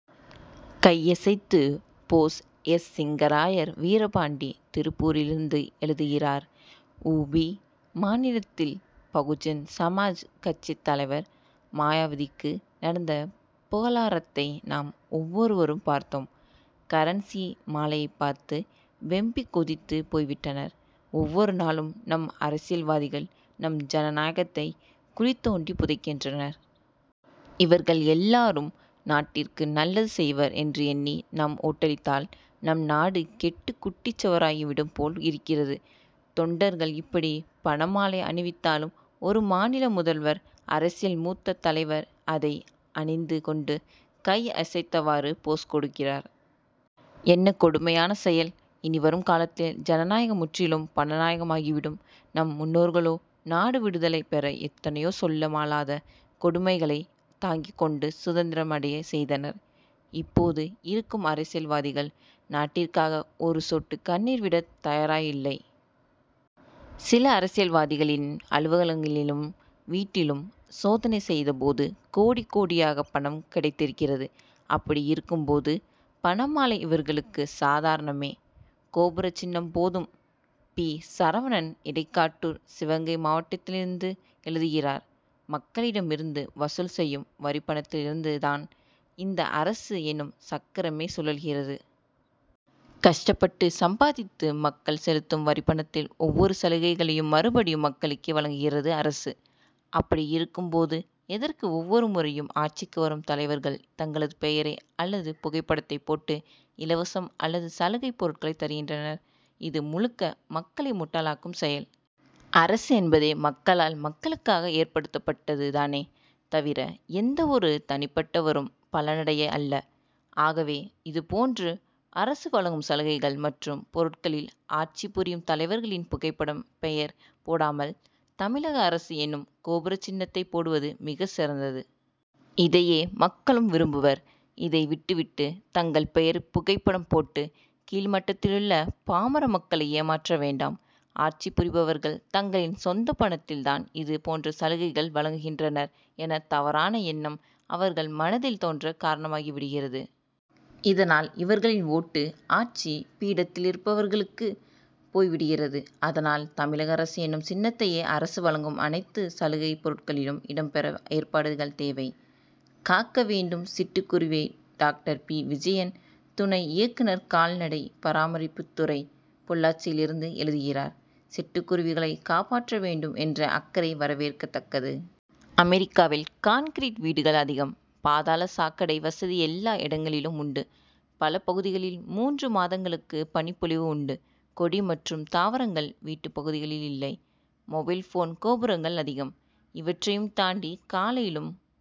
கை அசைத்து pose S. Singarayar Veerapandi திருப்பூரிலிருந்து எழுதுகிறார் உ. பி. மாநிலத்தில் பகுஜன் சமாஜ் கட்சித் தலைவர் மாயாவதிக்கு நடந்த புகழாரத்தை நாம் ஒவ்வொருவரும் பார்த்தோம். கரன்சி மாலையைப் பார்த்து வெம்பி கொதித்து போய்விட்டனர். ஒவ்வொரு நாளும் நம் அரசியல்வாதிகள் நம் ஜனநாயகத்தை குழி தோண்டி புதைக்கின்றனர். இவர்கள் எல்லாரும் நாட்டிற்கு நல்லது செய்வர் என்று எண்ணி நாம் ஓட்டளித்தால் நம் நாடு கெட்டு குட்டிச் சுவராகிவிடும் போல் இருக்கிறது. தொண்டர்கள் இப்படி பணமாலை அணிவித்தாலும் ஒரு மாநில முதல்வர் அரசியல் மூத்த தலைவர் அதை அணிந்து கொண்டு கை அசைத்தவாறு போஸ் கொடுக்கிறார். என்ன கொடுமையான செயல்? இனிவரும் காலத்தில் ஜனநாயகம் முற்றிலும் பணநாயகம் ஆகிவிடும். நம் முன்னோர்களோ நாடு விடுதலை பெற எத்தனையோ சொல்ல மாளாத கொடுமைகளை தாங்கிக் கொண்டு சுதந்திரம் அடைய செய்தனர். இப்போது இருக்கும் அரசியல்வாதிகள் நாட்டிற்காக ஒரு சொட்டு கண்ணீர் விடத் தயாராய் இல்லை. சில அரசியல்வாதிகளின் அலுவலகங்களிலும் வீட்டிலும் சோதனை செய்தபோது கோடி கோடியாக பணம் கிடைத்திருக்கிறது. அப்படி இருக்கும் போது பணமாலை இவர்களுக்கு சாதாரணமே. கோபுர சின்னம் போதும்! பி. சரவணன் இடைக்காட் டூர் சிவகங்கை மாவட்டத்திலிருந்து எழுதுகிறார்: மக்களிடம் இருந்து வசூல் செய்யும் வரிப்பணத்திலிருந்து தான் இந்த அரசு எனும் சக்கரமே சுழல்கிறது. கஷ்டப்பட்டு சம் பாதித்து மக்கள் செலுத்தும் வரிப்பணத்தில் ஒவ்வொரு சலுகைகளையும் மறுபடியும் மக்களுக்கே வழங்குகிறது அரசு. அப்படி இருக்கும் போது எதற்கு ஒவ்வொரு முறையும் ஆட்சிக்கு வரும் தலைவர்கள் தங்களது பெயரை அல்லது புகைப்படத்தைப் போட்டு இலவசம் அல்லது சலுகைப் பொருட்களை தருகின்றனர்? இது முழுக்க மக்களை முட்டாளாக்கும் செயல். அரசு என்பதே மக்களால் மக்களுக்காக ஏற்படுத்தப்பட்டது தானே தவிர எந்த ஒரு தனிப்பட்டவரும் பலனடைய அல்ல. ஆகவே இதுபோன்று அரசு வழங்கும் சலுகைகள் மற்றும் பொருட்களில் ஆட்சி புரியும் தலைவர்களின் புகைப்படம் பெயர் போடாமல் தமிழக அரசு எனும் கோபுர சின்னத்தை போடுவது மிகச் சிறந்தது. இதையே மக்களும் விரும் புவர். இதை விட்டு விட்டு தங்கள் பெயர் புகைப்படம் போட்டு கீழ்மட்டத்திலுள்ள பாமர மக்களை ஏமாற்ற வேண்டாம். ஆட்சி புரிபவர்கள் தங்களின் சொந்த பணத்தில் தான் இது போன்ற சலுகைகள் வழங்குகின்றனர் என தவறான எண்ணம் அவர்கள் மனதில் தோன்ற காரணமாகி விடுகிறது. இதனால் இவர்களின் ஓட்டு ஆட்சி பீடத்திலிருப்பவர்களுக்கு போய்விடுகிறது. அதனால் தமிழக அரசு எனும் சின்னத்தையே அரசு வழங்கும் அனைத்து சலு கை பொருட்களிலும் இடம் பெற ஏற்பாடுகள் தேவை. காக்க வேண்டும் சிட்டு குருவியை டாக்டர் பி. விஜயன் துணை இயக்குனர் கால்நடை பராமரிப்புத் துறை பொள்ளாச்சியிலிருந்து எழுதுகிறார் சிட்டுக் குருவிகளை காப்பாற்ற வேண்டும் என்ற அக்கறை வரவேற்கத்தக்கது. அமெரிக்காவில் கான்கிரீட் வீடுகள் அதிகம். பாதாள சாக் கடை வசதி எல்லா இடங்களிலும் உண்டு. பல பகுதிகளில் மூன்று மாதங்களுக்கு பனிப் பொழிவு உண்டு. கொடி மற்றும் தாவரங்கள் வீட்டுப் பகுதிகளில் இல்லை; மொபைல் போன் கோபுரங்கள் அதிகம். இவற்றையும் தாண்டி காலையிலும்